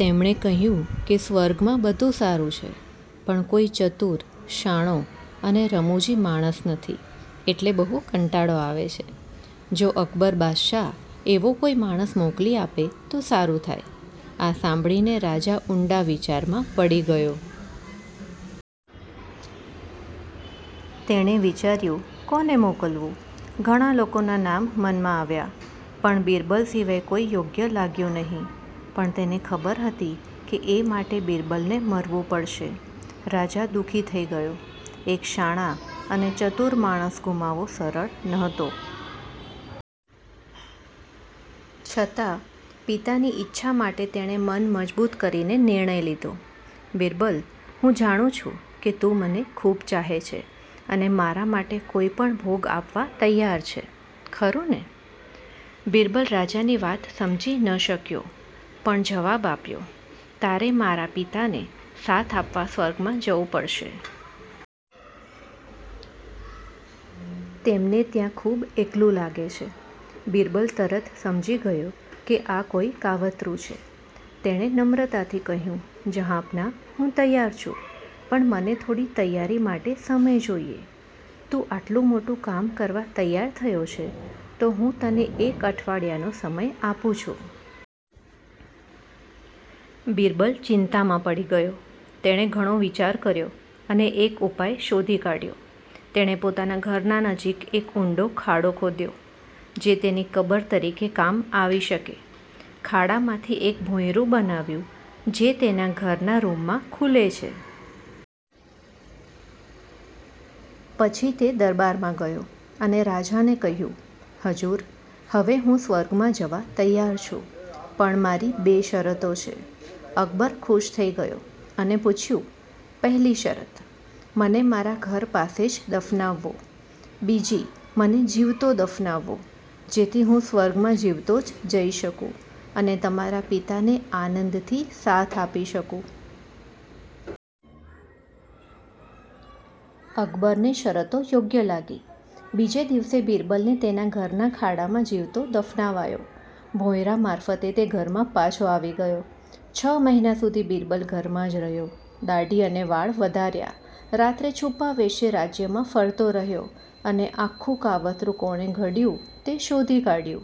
તેમણે કહ્યું કે સ્વર્ગમાં બધું સારું છે, પણ કોઈ ચતુર, શાણો અને રમુજી માણસ નથી, એટલે બહુ કંટાળો આવે છે. જો અકબર બાદશાહ એવો કોઈ માણસ મોકલી આપે તો સારું થાય. આ સાંભળીને રાજા ઊંડા વિચારમાં પડી ગયો. તેણે વિચાર્યું: કોને મોકલવું? ઘણા લોકોના નામ મનમાં આવ્યા, પણ બિરબલ સિવાય કોઈ યોગ્ય લાગ્યું નહીં. પણ તેને ખબર હતી કે એ માટે બિરબલને મરવું પડશે. રાજા દુઃખી થઈ ગયો.એક શાણા અને ચતુર માણસ ગુમાવવો સરળ નહોતો. છતાં, પિતાની ઈચ્છા માટે તેણે મન મજબૂત કરીને નિર્ણય લીધો. બિરબલ, હું જાણું છું કે તું મને ખૂબ ચાહે છે અને મારા માટે કોઈ પણ ભોગ આપવા તૈયાર છે, ખરું ને? બિરબલ રાજાની વાત સમજી ન શક્યો, પણ જવાબ આપ્યો: તારે મારા પિતાને સાથ આપવા સ્વર્ગમાં જવું પડશે. તેમને ત્યાં ખૂબ એકલું લાગે છે. બિરબલ તરત સમજી ગયો કે આ કોઈ કાવતરૂં છે. તેણે નમ્રતાથી કહ્યું: જહાંપનાહ, હું તૈયાર છું, પણ મને થોડી તૈયારી માટે સમય જોઈએ. તું આટલું મોટું કામ કરવા તૈયાર થયો છે, તો હું તને એક અઠવાડિયાનો સમય આપું છું. બિરબલ ચિંતામાં પડી ગયો. તેણે ઘણો વિચાર કર્યો અને એક ઉપાય શોધી કાઢ્યો. તેણે પોતાના ઘરના નજીક એક ઊંડો ખાડો ખોદ્યો -જે તેની કબર તરીકે કામ આવી શકે. ખાડામાંથી એક ભોંયરું બનાવ્યું જે તેના ઘરના રૂમમાં ખૂલે છે. પછી તે દરબારમાં ગયો અને રાજાને કહ્યું: હજૂર, હવે હું સ્વર્ગમાં જવા તૈયાર છું, પણ મારી બે શરતો છે. અકબર ખુશ થઈ ગયો અને પૂછ્યું: પહેલી શરત-મને મારા ઘર પાસે જ દફનાવવો. બીજી મને જીવતો દફનાવવો, જેથી હું સ્વર્ગમાં જીવતો જ જઈ શકું અને તમારા પિતાને આનંદથી સાથ આપી શકું. અકબરને શરતો યોગ્ય લાગી. બીજે દિવસે બિરબલને તેના ઘરના ખાડામાં જીવતો દફનાવાયો. ભોંયરા મારફતે તે ઘરમાં પાછો આવી ગયો. છ મહિના સુધી બિરબલ ઘરમાં જ રહ્યો. દાઢી અને વાળ વધાર્યા. રાત્રે છુપા વેશે રાજ્યમાં ફરતો રહ્યો અને આખું કાવતરૂં કોણે ઘડ્યું તે શોધી કાઢ્યું.